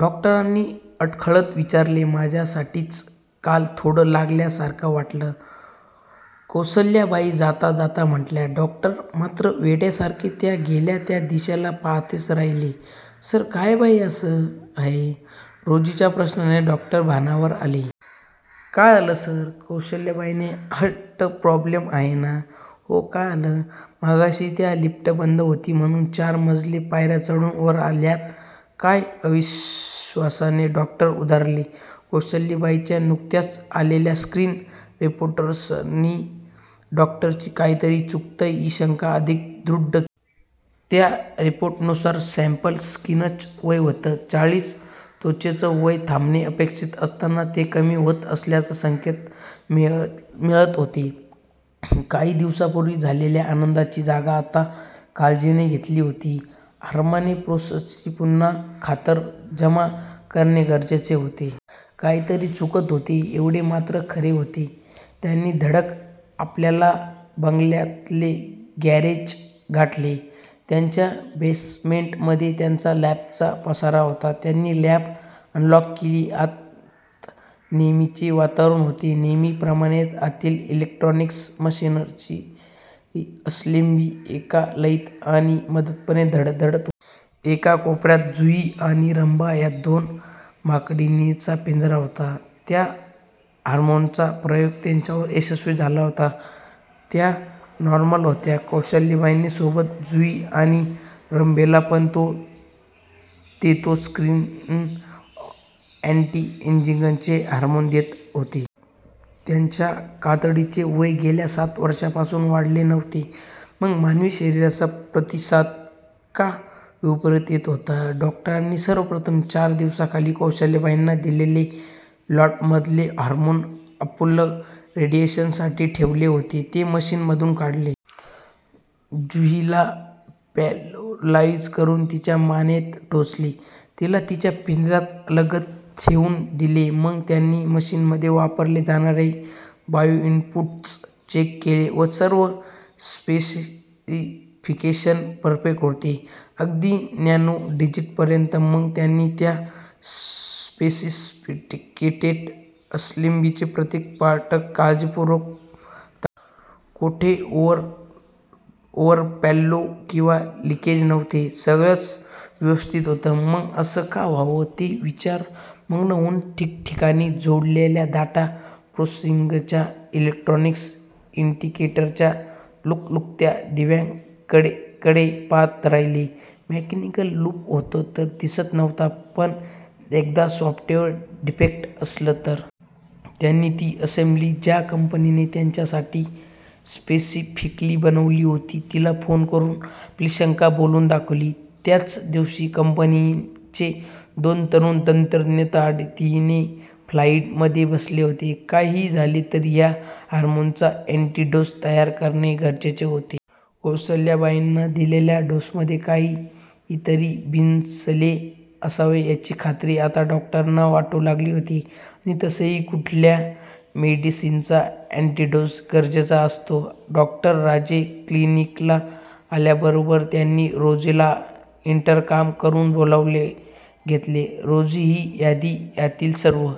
डॉक्टरांनी अडखळत विचारले. माझ्या साठीच! काल थोडं लागल्या सारखं वाटलं! कौसल्याबाई जाताजाता म्हणाल्या. डॉक्टर मात्र वेड्या सारखे त्या गेल्या त्या दिशेला पहातच राहिले! "सर, काय बाई आहे? " रोजीच्या प्रश्नाने डॉक्टर भानावर आले. "काय झालं? " "सर, कौशल्याबाईंना हार्ट प्रॉब्लेम आहे ना? " "हो. काय झालं? " "मघाशी त्या, लिफ्ट बंद होती म्हणून चार मजले पायऱ्याचढून वर आल्यात! " "काय? " अविश्वासाने डॉक्टर उद्गारले. कौसल्याबाईंच्या नुकत्याच आलेल्या स्किन रिपोर्टसनी डॉक्टरांची 'काहीतरी चुकतंय,' हि शंका अधिक दृढ. त्या रिपोर्ट नुसार सॅम्पल स्कीनचं वय होते चाळीस! त्वचेचं वय थांबणे अपेक्षित असताना, ते कमी होत असल्याचे संकेत मिळ मिळत होते! काही दिवसापूर्वी झालेल्या आनंदाची जागा आता काळजीने घेतली होती. हार्मोन प्रोसेसची पुन्हा खातरजमा करणे गरजेचे होते. काहीतरी चुकत होते एव्हडे मात्र खरे होते. त्यांनी तडक आपल्या बंगल्यातले ग्यारेज गाठले. त्याच्या बेसमेंट मध्ये त्यांच्या लॅबचा पसारा होता. त्यांनी लॅब अनलॉक केली. आत नेहमीचे वातावरण होते. नेहमी प्रमाणे, आतील इलेकट्रोनिक्स मशीनरीची असेंब्ली एका लयीत आणि मंदपणे धडधडत. एका कोपऱ्यात 'जुही ' आणि 'रंभा ' या दोन माकडिणीनचा पिंजरा होता. त्या हार्मोनचा प्रयोग त्यांच्यावर यशस्वी झाला होता. त्या नॉर्मल होत्या. कौसल्याबाईन सोबत जुही आणि रंभेला पण ते तो स्किन अँटीएजिंगचे हार्मोन देत होते. त्यांच्या कातडीचे वय गेल्या सात वर्षांपासून वाढले नव्हते. मग मानवी शरीराचा प्रतिसाद का विपरीत येत होता? डॉक्टरांनी सर्वप्रथम चार दिवसाखाली कौसल्याबाईंना दिलेल्या लॉटमधले हार्मोन अंपुल रेडिएशन साठी ठेवले होते, ते मशीन मधून काढले. 'जुही'ला पॅरोलाईज करून, तिच्या मानेत टोचले. तिला तिच्या पिंजऱ्यात अलगद ठेवून दिले. मग त्यांनी मशीनमध्ये वापरले जाणारे, बायोइन्पुट्स चेक केले. सर्व स्पेसिफिकेशन परफेक्ट होते, अगदी नॅनो डिजिट पर्यंत! मग त्यांनी त्या सोफिस्टिकेटेड असेंब्लीच प्रत्येक पार्ट काळजी पूर्वक. कोठे ओव्हर ओव्हरफ्लो किंवा लिकेज नव्हते. सगळंच व्यवस्थित होत. मग असं का व्हावं? ते विचार मग्न होऊन ठिकठिकाणी जोडलेल्या डाटा प्रोसेसिंगच्या इलेकट्रोनिस इंडिकेटरच्या लुकलुकत्या दिव्यांकडे पहात राहिले. मेकॅनिकल लूप होत तर दिसत नव्हता, पण एखादा सॉफ्टवेयर डिफेक्ट असेल तर? त्यांनी ती असेम्ब्ली, ज्या कंपनीने त्यांच्या साठी स्पेसिफिकली बनवली होती, तिला फोन करून आपली शंका बोलून दाखवली. त्याच दिवशी कंपनीचे दोन तरुण तंत्रज्ञ ताडडीने फ्लाईट मध्ये बसले होते. काही हि झाले तरी या हार्मोनचा ऍंटीडोस तयार करणे गरजेचे होते. कौसल्याबाईंना दिलेल्या डोसमध्ये काही तरी बिनसले असावे याची खात्री आता डॉक्टरांना वाटू लागली होती आणि तसेही कुठल्याही मेडिसिनचा अँटीडोस गरजेचा असतो. डॉ. राजे क्लिनिकला आल्याबरोबर त्यांनी रोजीला इंटरकॉम करून बोलावले घेतले. रोजी, हि यादी. यातील सर्व